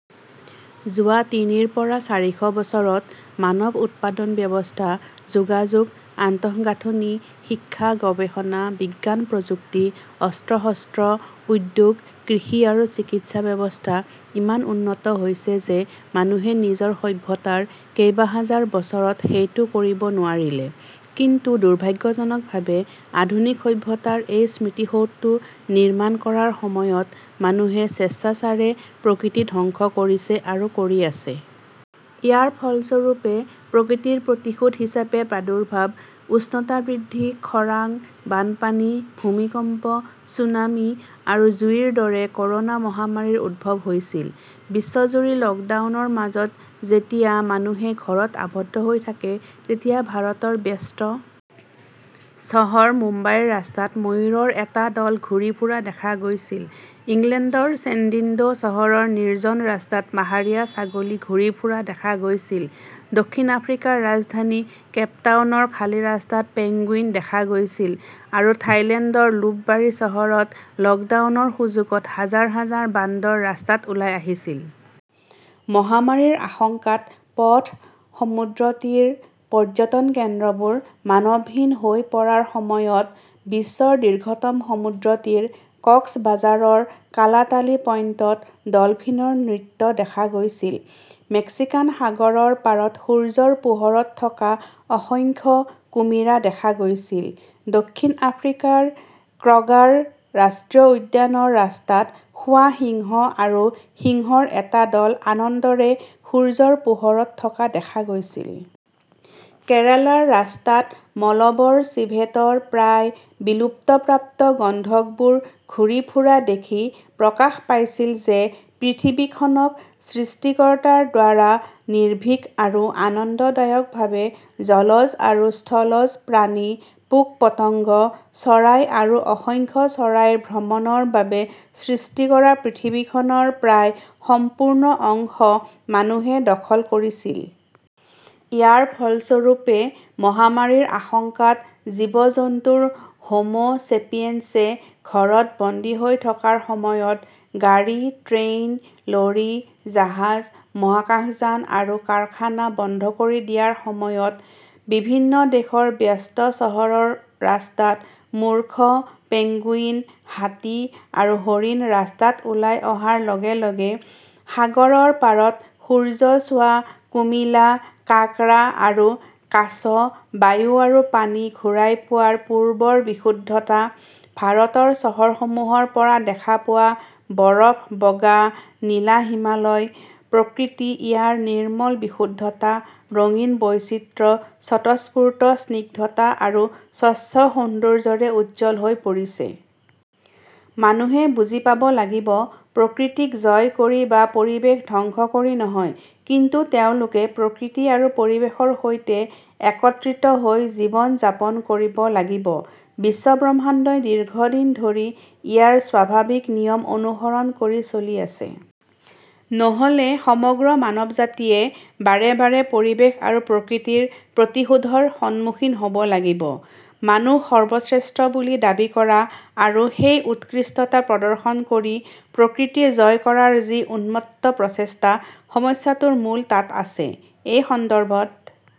যোৱা তিনিৰ পৰা চাৰিশ বছৰত মানৱ উৎপাদন ব্যৱস্থা, যোগাযোগ, আন্তঃগাঁথনি, শিক্ষা-গৱেষণা, বিজ্ঞান-প্ৰযুক্তি, অস্ত্ৰ-শস্ত্ৰ, উদ্যোগ, কৃষি আৰু চিকিৎসা ব্যৱস্থা ইমান উন্নত হৈছে যে মানুহে নিজৰ সভ্যতাৰ কেইবাহাজাৰ বছৰত সেইটো কৰিব নোৱাৰিলে। কিন্তু দুৰ্ভাগ্যজনকভাৱে, আধুনিক সভ্যতাৰ এই স্মৃতিসৌধটো নিৰ্মাণ কৰাৰ সময়ত মানুহে স্বেচ্ছাচাৰে প্ৰকৃতি ধ্বংস কৰিছে আৰু কৰি আছে। ইয়াৰ ফলস্বৰূপে প্ৰকৃতিৰ প্ৰতিশোধ হিচাপে প্ৰাদুৰ্ভাৱ, উষ্ণতা বৃদ্ধি, খৰাং, বানপানী, ভূমিকম্প, ছুনামি আৰু জুইৰ দৰে ক "ৰোনা মহামাৰীৰ উদ্ভৱ হৈছিল। বিশ্বজুৰি 'লকডাউন "ৰ মাজত যেতিয়া মানুহে ঘৰত আবদ্ধ হৈ থাকে, তেতিয়া ভাৰতৰ ব্যস্ত চহৰ মুম্বাইৰ ৰাস্তাত ময়ূৰৰ এটা দল ঘূৰি ফুৰা দেখা গৈছিল; ইংলেণ্ডৰ চেণ্ডিন্ডো চহৰৰ নিৰ্জন ৰাস্তাত পাহাৰীয়া ছাগলী ঘূৰি ফুৰা দেখা গৈছিল; দক্ষিণ আফ্ৰিকাৰ ৰাজধানী কেপটাউনৰ খালী ৰাস্তাত পেঙ্গুইন দেখা গৈছিল; আৰু থাইলেণ্ডৰ লুপবাৰী চহৰত লকডাউনৰ সুযোগত হাজাৰ হাজাৰ বান্দৰ ৰাস্তাত ওলাই আহিছিল। মহামাৰীৰ আশংকাত পথ, সমুদ্ৰতীৰ, পৰ্যটন কেন্দ্ৰবোৰ মানৱহীন হৈ পৰাৰ সময়ত, বিশ্বৰ দীৰ্ঘতম সমুদ্ৰতীৰ কক্সবাজাৰৰ কালাতালি পইণ্টত ডলফিনৰ নৃত্য দেখা গৈছিল; মেক্সিকান সাগৰৰ পাৰত সূৰ্যৰ পোহৰত থকা অসংখ্য কুমিৰা দেখা গৈছিল; দক্ষিণ আফ্ৰিকাৰ ক্ৰগাৰ ৰাষ্ট্ৰীয় উদ্যানৰ ৰাস্তাত শুৱা সিংহ আৰু সিংহৰ এটা দল আনন্দৰে সূৰ্যৰ পোহৰত থকা দেখা গৈছিল। কেৰালাৰ ৰাস্তাত মলবৰ চিভেটৰ প্ৰায় বিলুপ্তপ্ৰাপ্ত গন্ধকবোৰ ঘূৰি ফুৰা দেখি প্ৰকাশ পাইছিল যে পৃথিৱীখনক সৃষ্টিকৰ্তাৰ দ্বাৰা নিৰ্ভীক আৰু আনন্দদায়কভাৱে জলজ আৰু স্থলজ প্ৰাণী, পোক-পতংগ, চৰাই আৰু অসংখ্য চৰাইৰ ভ্ৰমণৰ বাবে সৃষ্টি কৰা পৃথিৱীখনৰ প্ৰায় সম্পূৰ্ণ অংশ মানুহে দখল কৰিছিল। ইয়াৰ ফলস্বৰূপে মহামাৰীৰ আশংকাত জীৱ-জন্তুৰ হোমো ছেপিয়েন্সে ঘৰত বন্দী হৈ থকাৰ সময়ত, গাড়ী-ট্ৰেইন-লৰী-জাহাজ, মহাকাশযান আৰু কাৰখানা বন্ধ কৰি দিয়াৰ সময়ত; বিভিন্ন দেশৰ ব্যস্ত চহৰৰ ৰাস্তাত মূৰ্খ, পেঙ্গুইন, হাতী আৰু হৰিণ ৰাস্তাত ওলাই অহাৰ লগে লগে; সাগৰৰ পাৰত সূৰ্য চোৱা কুমিলা, কাঁকড়া আৰু কাছ; বায়ু আৰু পানী ঘূৰাই পোৱাৰ পূৰ্বৰ বিশুদ্ধতা; ভাৰতৰ চহৰসমূহৰ পৰা দেখা পোৱা বৰফ-বগা নীলা হিমালয়; প্ৰকৃতি ইয়াৰ নিৰ্মল বিশুদ্ধতা, ৰঙীন বৈচিত্ৰ্য, স্বতঃস্ফূৰ্ত স্নিগ্ধতা আৰু স্বচ্ছ সৌন্দৰ্য্যৰে উজ্জ্বল হৈ পৰিছে। মানুহে বুজি পাব লাগিব-প্ৰকৃতিক জয় কৰি বা পৰিৱেশ ধ্বংস কৰি নহয়; কিন্তু তেওঁলোকে প্ৰকৃতি আৰু পৰিৱেশৰ সৈতে একত্ৰিত হৈ জীৱন যাপন কৰিব লাগিব, বিশ্বব্ৰহ্মাণ্ডই দীৰ্ঘদিন ধৰি ইয়াৰ স্বাভাৱিক নিয়ম অনুসৰণ কৰি চলি আছে। নহ "লে সমগ্ৰ মানৱজাতিয়ে বাৰে বাৰে পৰিৱেশ আৰু প্ৰকৃতিৰ প্ৰতিশোধৰ সন্মুখীন হ" ব লাগিব। মানুহ সৰ্বশ্ৰেষ্ঠ বুলি দাবী কৰা আৰু সেই উৎকৃষ্টতা প্ৰদৰ্শন কৰি প্ৰকৃতি জয় কৰাৰ যি উন্মত্ত প্ৰচেষ্টা, সমস্যাটোৰ মূল তাত আছে। এই সন্দৰ্ভত